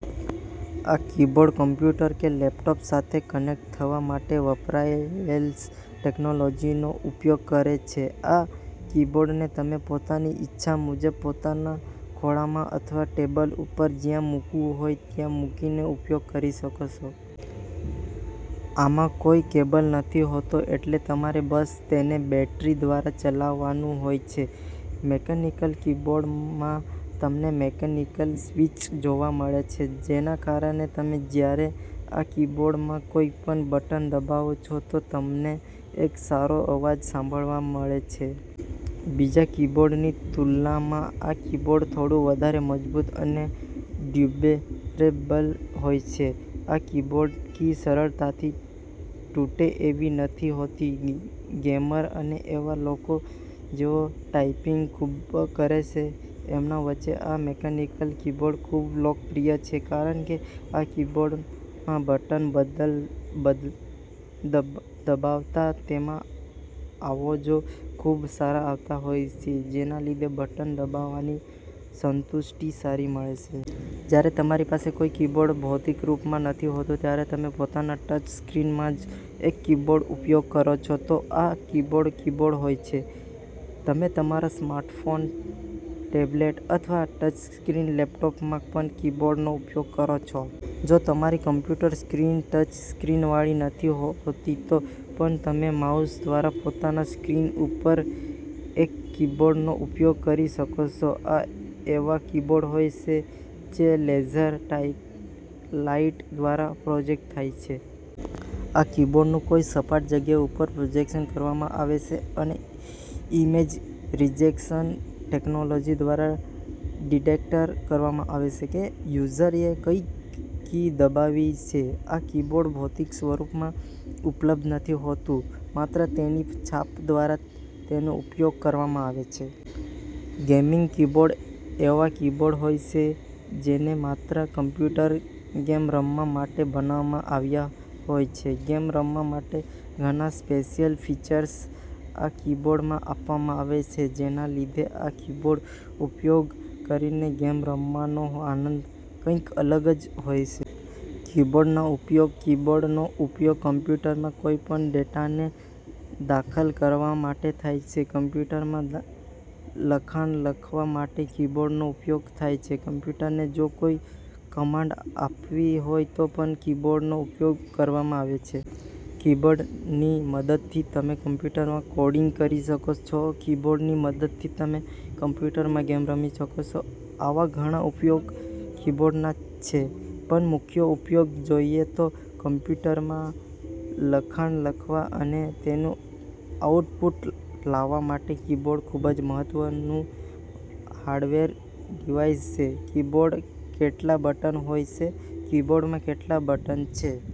આ keyboard computer કે laptop સાથે કનેક્ટ થવા માટે વાયરલેસ ટેક્નોલોજીનો ઉપયોગ કરે છે. આ કીબોર્ડને તમે પોતાની ઈચ્છા મુજબ પોતાના ખોળામાં અથવા ટેબલ ઉપર જ્યાં મૂકવું હોય ત્યાં મૂકીને ઉપયોગ કરી શકો છો. આમાં કોઈ કેબલ નથી હોતો એટલે તમારે બસ તેને બેટરી દ્વારા ચલાવવાનું હોય છે. મિકેનિકલ કીબોર્ડમાં તમને મિકેનિકલ સ્વિચ જોવા મળે છે જેના કારણે તમે જ્યારે આ કીબોર્ડમાં કોઈ પણ બટન દબાવો છો તો તમને એક સારો અવાજ સાંભળવા મળે છે. બીજા કીબોર્ડની તુલનામાં આ કીબોર્ડ થોડું વધારે મજબૂત અને ડ્યુરેબલ હોય છે. આ કીબોર્ડની કી સરળતાથી તૂટે એવી નથી હોતી. ગેમર અને એવા લોકો જેઓ ટાઈપિંગ ખૂબ કરે છે એમના વચ્ચે આ મિકેનિકલ કીબોર્ડ ખૂબ લોકપ્રિય છે કારણ કે આ કીબોર્ડમાં બટન દબાવતા તેમાં અવાજો ખૂબ સારા આવતા હોય છે જેના લીધે બટન દબાવવાની સંતુષ્ટિ સારી મળે છે. જ્યારે તમારી પાસે કોઈ કીબોર્ડ ભૌતિક રૂપમાં નથી હોતું ત્યારે તમે પોતાના ટચ સ્ક્રીનમાં જ એક કીબોર્ડનો ઉપયોગ કરો છો તો આ કીબોર્ડ કીબોર્ડ હોય છે. તમે તમારા સ્માર્ટફોન, ટેબલેટ અથવા ટચ સ્ક્રીન લેપટોપમાં પણ કીબોર્ડનો ઉપયોગ કરો છો. જો તમારી કમ્પ્યુટર સ્ક્રીન ટચ સ્ક્રીન વાળી નથી હોતી તો પણ તમે માઉસ દ્વારા પોતાના સ્ક્રીન ઉપર એક કીબોર્ડનો ઉપયોગ કરી શકો છો. આ એવા કીબોર્ડ હોય છે જે લેઝર લાઇટ દ્વારા પ્રોજેકટ થાય છે. આ કીબોર્ડનું કોઈ સપાટ જગ્યા ઉપર પ્રોજેક્શન કરવામાં આવે છે અને ઇમેજ રિકગ્નિશન ટેક્નોલોજી દ્વારા ડિટેક્ટ કરવામાં આવે છે કે યુઝરએ કઈ કી દબાવી છે. આ કીબોર્ડ ભૌતિક સ્વરૂપમાં ઉપલબ્ધ નથી હોતું માત્ર તેની છાપ દ્વારા તેનો ઉપયોગ કરવામાં આવે છે. ગેમિંગ કીબોર્ડ એવા કીબોર્ડ હોય છે જેને માત્ર કમ્પ્યુટર ગેમ રમવા માટે બનાવવામાં આવ્યા હોય છે. ગેમ રમવા માટે ઘણા સ્પેશિયલ ફીચર આ કીબોર્ડમાં આપવામાં આવે છે જેના લીધે આ કીબોર્ડનો ઉપયોગ કરીને ગેમ રમવાનો આનંદ કઈક અલગ જ હોય છે. કીબોર્ડના ઉપયોગ. કીબોર્ડનો ઉપયોગ કમ્પ્યુટરમાં કોઈ પણ ડેટાને દાખલ કરવા માટે થાય છે. કમ્પ્યુટરમાં લખાણ લખવા માટે કીબોર્ડનો ઉપયોગ થાય છે. કમ્પ્યુટરને જો કોઈ કમાન્ડ આપવી હોય તો પણ કીબોર્ડનો ઉપયોગ કરવામાં આવે છે. કીબોર્ડની મદદથી તમે કમ્પ્યુટરમાં કોડિંગ કરી શકો છો. કીબોર્ડની મદદથી તમે કમ્પ્યુટરમાં ગેમ રમી શકો છો. આવા ઘણા ઉપયોગ કીબોર્ડના છે પણ મુખ્ય ઉપયોગ જોઈએ તો કમ્પ્યુટરમાં લખાણ લખવા અને તેનું આઉટપુટ લાવવા માટે કીબોર્ડ ખૂબ જ મહત્વનું હાર્ડવેર ડિવાઇસ છે. કીબોર્ડમાં કેટલા બટન હોય છે? કીબોર્ડમાં કેટલા બટન છે?